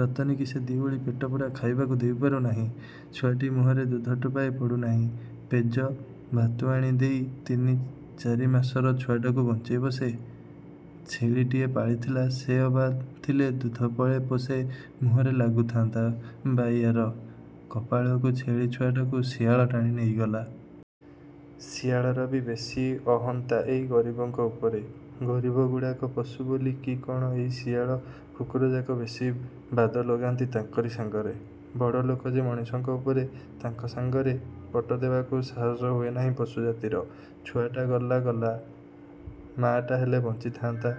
ରତନୀକି ସେ ଦି'ଓଳି ପେଟପୂରା ଖାଇବାକୁ ଦେଇପାରୁନାହିଁ। ଛୁଆଟି ମୁହଁରେ ଦୁଧ ଟୋପାଏ ପଡ଼ୁନାହିଁ। ପେଯ, ଭାତୁଆଣି ଦେଇ ତିନି ଚାରିମାସର ଛୁଆଟାକୁ ବଞ୍ଚେଇବ ସେ? ଛେଳିଟିଏ ପାଳିଥିଲା ସେ ଅବା ଥିଲେ ଦୁଧ ପଳେ ପୋଷେ ମୁହଁରେ ଲାଗୁଥାନ୍ତା ବାଇଆର। କପାଳକୁ ଛେଳି ଛୁଆଟାକୁ ଶିଆଳ ଟାଣି ନେଇଗଲା। ଶିଆଳରବି ବେଶି ଅହନ୍ତା ଏଇ ଗରିବଙ୍କ ଉପରେ। ଗରିବଗୁଡ଼ାକ ପଶୁ ବୋଲି କି କ'ଣ ଏଇ ଶିଆଳ କୁକୁରଯାକ ବେଶି ବାଦ ଲଗାନ୍ତି ତାଙ୍କରି ସାଙ୍ଗରେ। ବଡ଼ଲୋକ ଯେ ମଣିଷଙ୍କ ଉପରେ, ତାଙ୍କ ସାଙ୍ଗରେ ପଟ ଦେବାକୁ ସାହସ ହୁଏ ନାହିଁ ପଶୁ ଜାତିର। ଛୁଆଟା ଗଲା ଗଲା, ମାଟା ହେଲେ ବଞ୍ଚି ଥାଆନ୍ତା।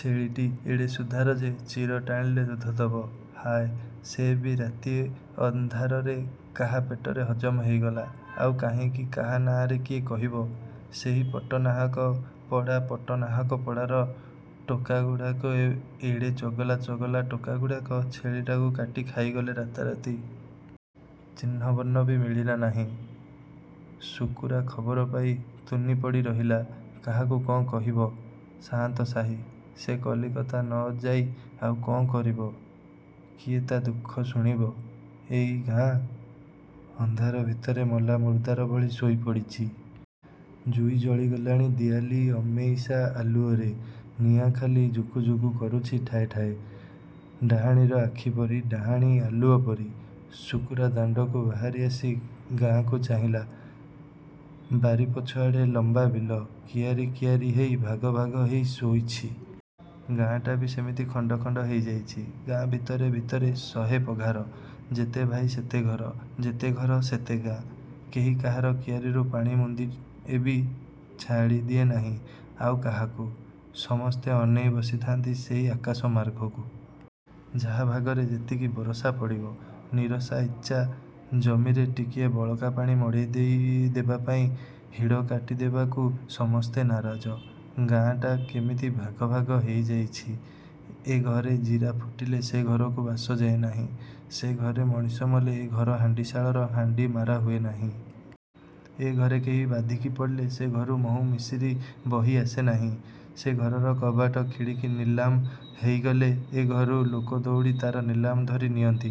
ଛେଳିଟି ଏଡ଼େ ସୁଧାର ଯେ ଚିର ଟାଣିଲେ ଦୁଧ ଦବ। ହାୟ, ସେ ବି ରାତି ଅନ୍ଧାରରେ କାହା ପେଟରେ ହଜମ ହେଇଗଲା। ଆଉ କାହିଁକି କାହା ନାଆଁରେ କିଏ କହିବ! ସେହି ପଟ୍ଟନାହାକ ପଡ଼ା ପଟ୍ଟନାହାକପଡ଼ାର ଟୋକାଗୁଡ଼ାକ ଏଡ଼େ ଚଗଲା ଚଗଲା ଟୋକାଗୁଡ଼ାକ ଛେଳିଟାକୁ କାଟି ଖାଇଗଲେ ରାତାରାତି। ଚିହ୍ନବର୍ଣ୍ଣବି ମିଳିଲା ନାହିଁ। ଶୁକୁରା ଖବର ପାଇ ତୁନି ପଡ଼ି ରହିଲା। କାହାକୁ କ'ଣ କହିବ? ସାଆନ୍ତ ସାହି। ସେ କଲିକତା ନ ଯାଇ ଆଉ କ'ଣ କରିବ? କିଏ ତା' ଦୁଃଖ ଶୁଣିବ? ଏଇ ଗାଁ। ଅନ୍ଧାର ଭିତରେ ମଲା ମୁର୍ଦାର ଭଳି ଶୋଇ ପଡ଼ିଚି। ଜୁଇ ଜଳି ଗଲାଣି ଦିଆଲି ଅମେଇସା ଆଲୁଅରେ। ନିଆଁ ଖାଲି ଜୁକୁଜୁକୁ କରୁଛି ଠାଏ ଠାଏ, ଡାହାଣୀର ଆଖି ପରି, ଡାହାଣୀ ଆଲୁଅ ପରି। ଶୁକୁରା ଦାଣ୍ଡକୁ ବାହାରି ଆସି ଗାଁକୁ ଚାହିଁଲା। ବାରିପଛ ଆଡ଼େ ଲମ୍ୱା ବିଲ କିଆରି କିଆରି ହେଇ ଭାଗ ଭାଗ ହେଇ ଶୋଇଛି। ଗାଁଟାବି ସେମିତି ଖଣ୍ଡ ଖଣ୍ଡ ହେଇ ଯାଇଛି। ଗାଁ ଭିତରେ ଭିତରେ ଶହେ ପଘାର। ଯେତେ ଭାଇ ସେତେ ଘର। ଯେତେ ଘର ସେତେ ଗାଁ। କେହି କାହାର କିଆରିରୁ ପାଣି ମୁନ୍ଦିଏବି ଛାଡ଼ିଦିଏ ନାହିଁ ଆଉ କାହାକୁ। ସମସ୍ତେ ଅନେଇ ବସିଥାନ୍ତି ସେଇ ଆକାଶ ମାର୍ଗକୁ। ଯାହା ଭାଗରେ ଯେତିକି ବରଷା ପଡ଼ିବ। ନିରସା ଉଚ୍ଚା ଜମିରେ ଟିକିଏ ବଳକାପାଣି ମଡ଼େଇ ଦେବାପାଇଁ ହିଡ଼କାଟିଦେବାକୁ ସମସ୍ତେ ନାରାଜ। ଗାଁଟା କେମିତି ଭାଗ ଭାଗ ହେଇ ଯାଇଛି। ଏ ଘରେ ଜିରା ଫୁଟିଲେ ସେ ଘରକୁ ବାସ ଯାଏଁ ନାହିଁ। ସେ ଘରେ ମଣିଷ ମଲେ ଏ ଘର ହାଣ୍ଡିଶାଳର ହାଣ୍ଡି ମାରା ହୁଏ ନାହିଁ। ଏ ଘରେ କେହି ବାଧିକି ପଡ଼ିଲେ ସେ ଘରୁ ମହୁ ମିଶିର ବହି ଆସେ ନାହିଁ। ସେ ଘରର କବାଟ ଖିଡ଼ିକି ନିଲାମ ହେଇଗଲେ ଏଘରୁ ଲୋକଦଉଡ଼ି ତା'ର ନିଲାମ ଧରି ନିଅନ୍ତି,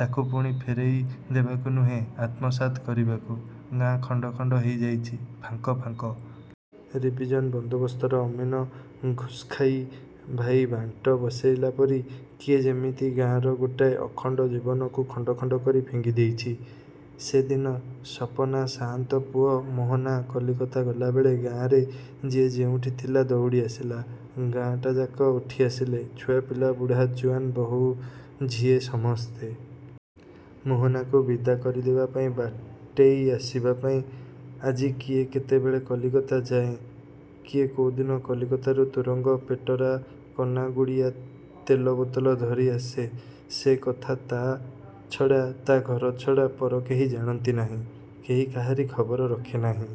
ତାକୁ ପୁଣି ଫେରେଇ ଦେବାକୁ ନୁହେଁ ଆତ୍ମସାତ କରିବାକୁ। ଗାଁ ଖଣ୍ଡଖଣ୍ଡ ହେଇ ଯାଇଛି–ଫାଙ୍କଫାଙ୍କ! ରିଭିଜନ ବନ୍ଦୋବସ୍ତର ଅମିନ ଘୁଷ୍ଖାଇ ଭାଇ ବାଣ୍ଟ ବସେଇଲା ପରି କିଏ ଯେମିତି ଗାଁର ଗୋଟାଏ ଅଖଣ୍ଡ ଜୀବନକୁ ଖଣ୍ଡଖଣ୍ଡ କରି ଫିଙ୍ଗି ଦେଇଛି। ସେ ଦିନ ସପନା ସାଆନ୍ତ ପୁଅ ମୋହନା କଲିକତା ଗଲାବେଳେ ଗାଁରେ ଯିଏ ଯେଉଁଠି ଥିଲା ଦଉଡ଼ି ଆସିଲା। ଗାଁଟାଯାକ ଉଠି ଆସିଲେ, ଛୁଆପିଲା ବୁଢ଼ା ଜୁଆନ୍ ବହୂଝିଏ ସମସ୍ତେ। ମୋହନାକୁ ବିଦା କରିଦେବା ପାଇଁ ବାଟେଇ ଆସିବାପାଇଁ, ଆଜି କିଏ କେତେବେଳେ କଲିକତା ଯାଏଁ, କିଏ କୋଉଦିନ କଲିକତାରୁ ତୁରଙ୍ଗ ପେଟରା କନାଗୁଡ଼ିଆ ତେଲବୋତଲ ଧରି ଆସେ ସେ କଥା ତା' ଛଡ଼ା ତା' ଘର ଛଡ଼ା ପର କେହି ଜାଣନ୍ତି ନାହିଁ। କେହି କାହାରି ଖବର ରଖେ ନାହିଁ।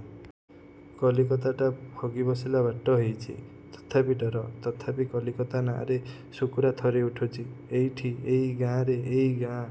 କଲିକତାଟା ହଗିବସିଲା ବାଟ ହେଇଚି। ତଥାପି ଡର। ତଥାପି କଲିକତା ନାଆଁରେ ଶୁକୁରା ଥରି ଉଠୁଛି। ଏଇଠି ଏଇ ଗାଁରେ ଏଇ ଗାଁ